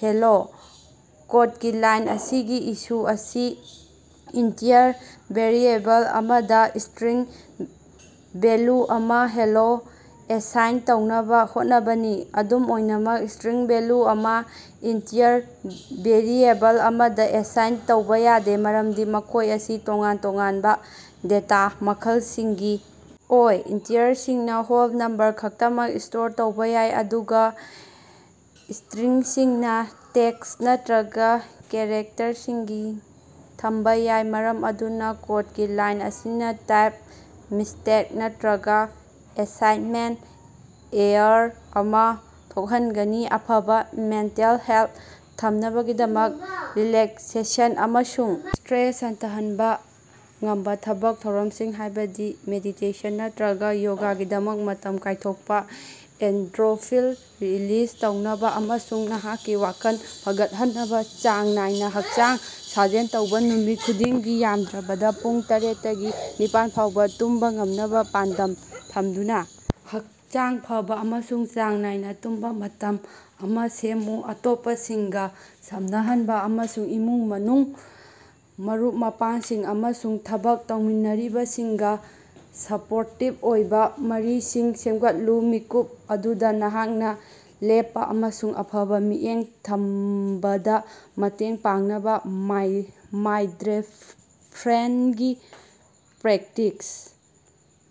"Hello", ꯀꯣꯗꯀꯤ line ꯑꯁꯤꯒꯤ issue ꯑꯁꯤ ꯏꯟꯇꯤꯖꯔ ꯚꯦꯔꯤꯑꯦꯕꯜ ꯑꯃꯗꯥ ꯁ꯭ꯇꯔꯤꯡ ꯚꯦꯂꯨ ꯑꯃꯥ (ꯍꯦꯂꯣ) ꯑꯦꯁꯥꯏꯟ ꯇꯧꯅꯕꯥ ꯍꯣꯠꯅꯕꯅꯤ꯫ ꯑꯗꯨꯝ ꯑꯣꯏꯅꯃꯛ ꯁ꯭ꯇꯔꯤꯡ ꯚꯦꯂꯨ ꯑꯃꯥ ꯏꯟꯇꯤꯖꯔ ꯚꯦꯔꯤꯑꯦꯕꯜ ꯑꯃꯗꯥ ꯑꯦꯁꯥꯏꯟ ꯇꯧꯕꯥ ꯌꯥꯗꯦ ꯃꯔꯝꯗꯤ ꯃꯈꯣꯏ ꯑꯁꯤ ꯇꯣꯉꯥꯟ-ꯇꯣꯉꯥꯟꯕꯥ ꯗꯦꯇꯥ ꯃꯈꯜꯁꯤꯡꯒꯤ ꯑꯣꯏ꯫ ꯏꯟꯇꯤꯌꯔꯁꯤꯡꯅꯥ ꯍꯣꯜ ꯅꯝꯕꯔ ꯈꯛꯇꯃꯛ ꯁ꯭ꯇꯣꯔ ꯇꯧꯕꯥ ꯌꯥꯏ, ꯑꯗꯨꯒꯥ ꯁꯇ꯭ꯔꯤꯡꯁꯤꯡꯅꯥ ꯇꯦꯛꯁ ꯅꯠꯇ꯭ꯔꯒ ꯀꯦꯔꯦꯛꯇꯔꯁꯤꯡ ꯊꯝꯕꯥ ꯌꯥꯏ꯫ ꯃꯔꯝ ꯑꯗꯨꯅꯥ ꯀꯣꯗꯀꯤ ꯂꯥꯏꯟ ꯑꯁꯤꯅꯥ ꯇꯥꯏꯞ ꯃꯤꯁꯇꯦꯠ ꯅꯠꯇ꯭ꯔꯒꯥ ꯑꯦꯁꯥꯏꯟꯃꯦꯟꯇ ꯑꯦꯔꯥꯔ ꯑꯃꯥ ꯊꯣꯛꯍꯟꯒꯅꯤ꯫ ꯑꯐꯕꯥ ꯃꯦꯟꯇꯦꯜ ꯍꯦꯜꯇ ꯊꯝꯅꯕꯒꯤꯗꯃꯛ, ꯔꯤꯂꯦꯛꯁꯦꯁꯟ ꯑꯃꯁꯨꯡ ꯁꯇ꯭ꯔꯦꯁ ꯍꯟꯊꯍꯟꯕꯥ ꯉꯝꯕꯥ ꯊꯕꯛ ꯊꯧꯔꯝꯁꯤꯡ, ꯍꯥꯏꯕꯗꯤ ꯃꯦꯗꯤꯇꯦꯁꯟ ꯅꯠꯇ꯭ꯔꯒꯥ ꯌꯣꯒꯥꯒꯤꯗꯃꯛ ꯃꯇꯝ ꯀꯥꯏꯊꯣꯛꯄꯥ꯫ ꯑꯦꯟꯗꯣꯔꯐꯤꯟ ꯔꯤꯂꯤꯁ ꯇꯧꯅꯕꯥ ꯑꯃꯁꯨꯡ ꯅꯍꯥꯛꯀꯤ ꯋꯥꯈꯜ ꯐꯒꯠꯍꯟꯅꯕꯥ ꯆꯥꯡ ꯅꯥꯏꯅꯥ ꯍꯛꯆꯥꯡ ꯁꯥꯖꯦꯜ ꯇꯧꯕꯥ꯫ ꯅꯨꯃꯤꯠ ꯈꯨꯗꯤꯡꯒꯤ ꯌꯥꯝꯗ꯭ꯔꯕꯗꯥ ꯄꯨꯡ ꯇꯔꯦꯠꯇꯒꯤ ꯅꯤꯄꯥꯟꯐꯥꯎꯕ ꯇꯨꯝꯕꯥ ꯉꯝꯅꯕꯥ ꯄꯥꯟꯗꯝ ꯊꯝꯗꯨꯅꯥ ꯍꯛꯆꯥꯡ ꯐꯕꯥ ꯑꯃꯁꯨꯡ ꯆꯥꯡ ꯅꯥꯏꯅꯥ ꯇꯨꯝꯕꯥ ꯃꯇꯝ ꯑꯃꯥ ꯁꯦꯝꯃꯨ꯫ ꯑꯇꯣꯞꯄꯁꯤꯡꯒꯥ ꯁꯝꯅꯍꯟꯕꯥ ꯑꯃꯁꯨꯡ ꯏꯃꯨꯡ-ꯃꯅꯨꯡ, ꯃꯔꯨꯞ-ꯃꯄꯥꯡꯁꯤꯡ ꯑꯃꯁꯨꯡ ꯊꯕꯛ ꯇꯧꯃꯤꯟꯅꯔꯤꯕꯁꯤꯡꯒꯥ ꯁꯄꯣꯔꯇꯤꯞ ꯑꯣꯏꯕꯥ ꯃꯔꯤꯁꯤꯡ ꯁꯦꯝꯒꯠꯂꯨ꯫ ꯃꯤꯀꯨꯞ ꯑꯗꯨꯗꯥ ꯅꯍꯥꯛꯅꯥ ꯂꯦꯞꯄꯥ ꯑꯃꯁꯨꯡ ꯑꯐꯕ ꯃꯤꯠꯌꯦꯡ ꯊꯝꯕꯗꯥ ꯃꯇꯦꯡ ꯄꯥꯡꯅꯕꯥ ꯃꯥꯏꯟꯗꯐ꯭ꯔꯦꯟꯒꯤ ꯄ꯭ꯔꯦꯛꯇꯤꯁ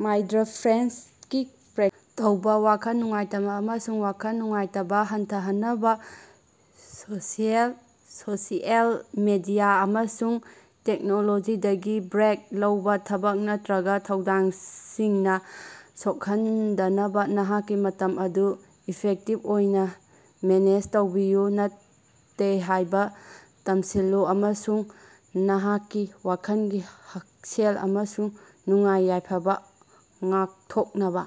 ꯃꯥꯏꯟꯗꯐ꯭ꯔꯦꯟꯒꯤ ꯄ꯭ꯔꯦꯛ ꯇꯧꯕꯥ꯫ ꯋꯥꯈꯜ ꯅꯨꯡꯉꯥꯏꯇꯕꯥ ꯑꯃꯁꯨꯡ ꯋꯥꯈꯜ ꯅꯨꯡꯉꯥꯏꯇꯕꯥ ꯍꯟꯊꯍꯟꯅꯕꯥ ꯁꯣꯁꯤꯑꯦꯜ ꯃꯤꯗꯤꯌꯥ ꯑꯃꯁꯨꯡ ꯇꯦꯛꯅꯣꯂꯣꯖꯤꯗꯒꯤ ꯕ꯭ꯔꯦꯛ ꯂꯧꯕꯥ꯫ ꯊꯕꯛ ꯅꯠꯇ꯭ꯔꯒꯥ ꯊꯧꯗꯥꯡꯁꯤꯡꯅꯥ ꯁꯣꯛꯍꯟꯗꯅꯕꯥ ꯅꯍꯥꯛꯀꯤ ꯃꯇꯝ ꯑꯗꯨ ꯏꯐꯦꯛꯇꯤꯞ ꯑꯣꯏꯅꯥ ꯃꯦꯅꯦꯖ ꯇꯧꯕꯤꯌꯨ꯫ "ꯅꯠꯇꯦ"ꯍꯥꯏꯕꯥ ꯇꯝꯁꯤꯜꯂꯨ ꯑꯃꯁꯨꯡ ꯅꯍꯥꯛꯀꯤ ꯋꯥꯈꯜꯒꯤ ꯍꯛꯁꯦꯜ ꯑꯃꯁꯨꯡ ꯅꯨꯡꯉꯥꯏ-ꯌꯥꯏꯐꯕꯥ ꯉꯥꯛꯊꯣꯛꯅꯕꯥ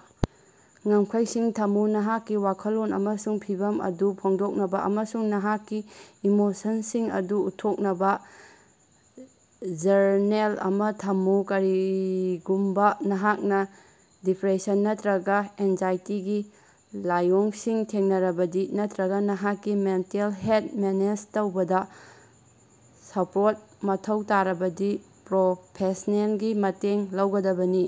ꯉꯝꯈꯩꯁꯤꯡ ꯊꯝꯃꯨ꯫ ꯅꯍꯥꯛꯀꯤ ꯋꯥꯈꯜꯂꯣꯟ ꯑꯃꯁꯨꯡ ꯐꯤꯚꯝ ꯑꯗꯨ ꯐꯣꯡꯗꯣꯛꯅꯕꯥ ꯑꯃꯁꯨꯡ ꯅꯍꯥꯛꯀꯤ ꯏꯃꯣꯁꯟꯁꯤꯡ ꯑꯗꯨ ꯎꯠꯊꯣꯛꯅꯕ ꯖꯔꯅꯦꯜ ꯑꯃꯥ ꯊꯝꯃꯨ꯫ ꯀꯔꯤꯒꯨꯝꯕꯥ ꯅꯍꯥꯛꯅꯥ ꯗꯤꯄ꯭ꯔꯦꯁꯟ ꯅꯠꯇ꯭ꯔꯒꯥ ꯑꯦꯟꯖꯥꯏꯇꯤꯒꯤ ꯂꯥꯏꯑꯣꯡꯁꯤꯡ ꯊꯦꯡꯅꯔꯕꯗꯤ, ꯅꯠꯇ꯭ꯔꯒꯥ ꯅꯍꯥꯛꯀꯤ ꯃꯦꯟꯇꯦꯜ ꯍꯦꯜꯗ ꯃꯦꯅꯦꯖ ꯇꯧꯕꯗꯥ ꯁꯄꯣꯔꯠ ꯃꯊꯧ ꯇꯥꯔꯕꯗꯤ ꯄ꯭ꯔꯣꯐꯦꯁꯅꯦꯜꯒꯤ ꯃꯇꯦꯡ ꯂꯧꯒꯗꯕꯅꯤ꯫